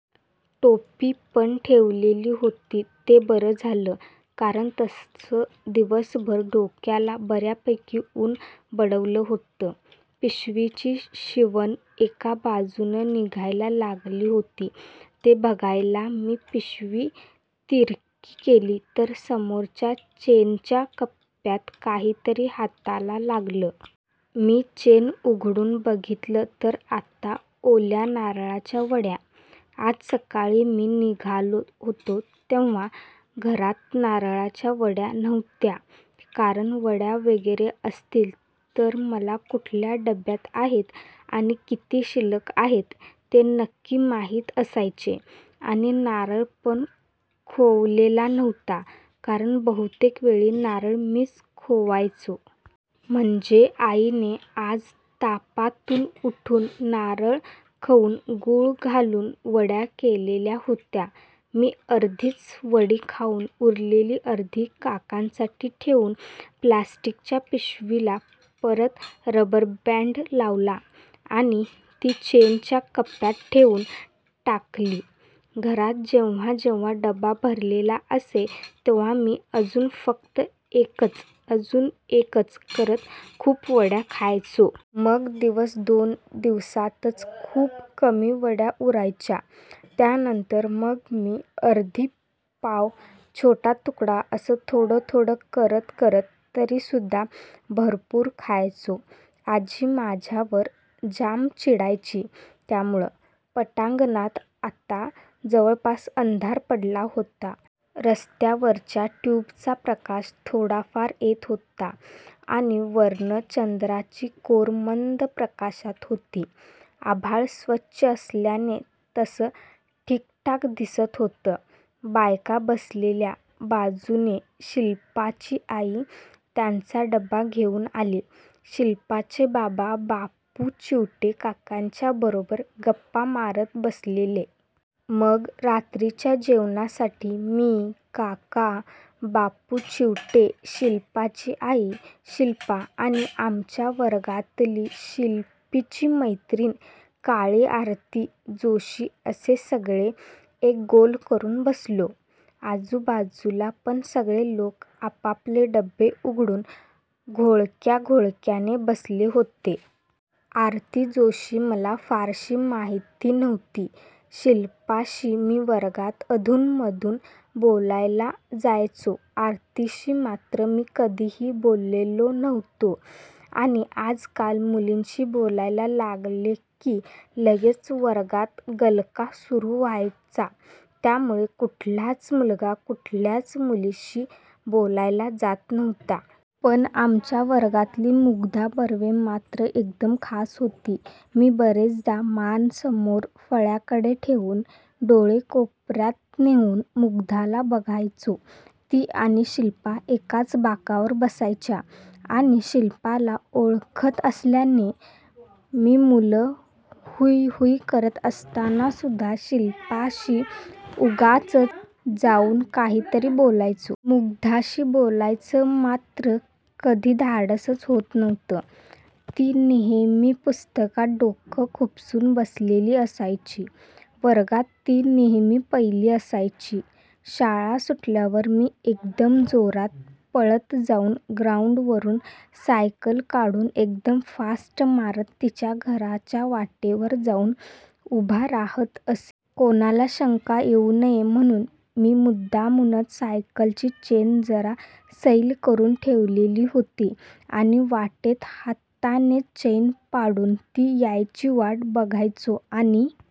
टोपी पण ठेवलेली होती ते बरं झालं कारण तसं दिवसभर डोक्याला बर्यापैकी उन बडवलं होतं. पिशवीची शिवण एका बाजूनं निघायला लागली होती ते बघायला मी पिशवी तिरकी केली तर समोरच्या चेनच्या कप्प्यात काहीतरी हाताला लागलं. मी चेन उघडून बघितलं तर आत ओल्या नारळाच्या वड्या. आज सकाळी मी निघालो होतो तेव्हा घरात नारळाच्या वड्या नव्हत्या कारण, वड्या वगैरे असतील तर मला कुठल्या डब्यात आहेत आणि किती शिल्लक आहेत ते नक्की माहिती असायचे आणि नारळ पण खोवलेला नव्हता कारण बहुतेक वेळी नारळ मीच खोवायचो. म्हणजे आईने आज तापातून उठून, नारळ खवून, गूळ घालून वड्या केलेल्या होत्या. मी अर्धीच वडी खाउन, उरलेली अर्धी काकांसाठी ठेवून प्लास्टिकच्या पिशवीला परत रबरबॅंड लावलं आणि ती चेनच्या कप्प्यात ठेवून टाकली. घरात जेव्हाजेव्हा डबा भरलेला असे तेव्हा मी अजून फक्त एकच, अजून एकच करत खूप वड्या खायचो. मग दिवस-दोन दिवसातच खूप कमी वड्या उरायच्या. त्यानंतर मग मी अर्धी, पाव, छोटा तुकडा असं थोडं थोडं करत करत तरीसुद्धा भरपूर खायचो. आजी माझ्यावर जाम चिडायची त्यामुळं. पटांगणात आता जवळपास अंधार पडला होता. रस्त्यावरच्या ट्युबचा प्रकाश थोडाफार येत होता आणि वरनं चंद्राची कोर मंद प्रकाशत होती. आभाळ स्वच्छ असल्याने तसं ठिकठाक दिसत होतं. बायका बसलेल्या बाजूने शिल्पाची आई त्यांचा डबा घेउन आली. शिल्पाचे बाबा बापू चिवटे काकांच्या बरोबर गप्पा मारत बसलेले. मग रात्रीच्या जेवणासाठी मी, काका, बापू चिवटे, शिल्पाची आई, शिल्पा आणि आमच्या वर्गातली शिल्पीची मैत्रिण काळी आरती जोशी असे सगळे एक गोल करुन बसलो. आजूबाजूला पण सगळे लोक आपापले डबे उघडून घोळक्या-घोळक्याने बसले होते. आरती जोशी मला फारशी माहिती नव्हती. शिल्पाशी मी वर्गात अधूनमधून बोलायला जायचो. आरतीशी मात्र मी कधिही बोललेलो नव्हतो. आणि आजकाल मुलींशी बोलायला लागले की लगेच वर्गात गलका सुरु व्हायचा. त्यामुळे कुठलाच मुलगा कुठल्याच मुलीशी बोलायला जात नव्हता. पण आमच्या वर्गातली मुग्धा बर्वे मात्र एकदम खास होती. मी बरेचदा मान समोर फळ्याकडे ठेवून डोळे कोपर्यात नेउन मुग्धाला बघायचो. ती आणि शिल्पा एकाच बाकावर बसायच्या आणि शिल्पाला ओळखत असल्याने मी मुलं हुइ-हुइ करत असताना सुद्धा शिल्पाशी उगाचच जाउन काहीतरी बोलायचो. मुग्धाशी बोलायचं मात्र कधी धाडसच होत नव्हतं. ती नेहेमी पुस्तकात डोकं खुपसून बसलेली असायची. वर्गात ती नेहेमी पहिली असायची. शाळा सुटल्यावर मी एकदम जोरात पळत जाउन, ग्राउंडवरुन सायकल काढून एकदम फास्ट मारत तिच्या घराच्या वाटेवर जाउन उभा राहत असे. कुणाला शंका येउ नये म्हणुन मी मुद्दामूनच सायकलची चेन जरा सैल करुन ठेवलेली होती आणि वाटेत हातानेच चेन पाडून ती यायची वाट बघायचो. आणि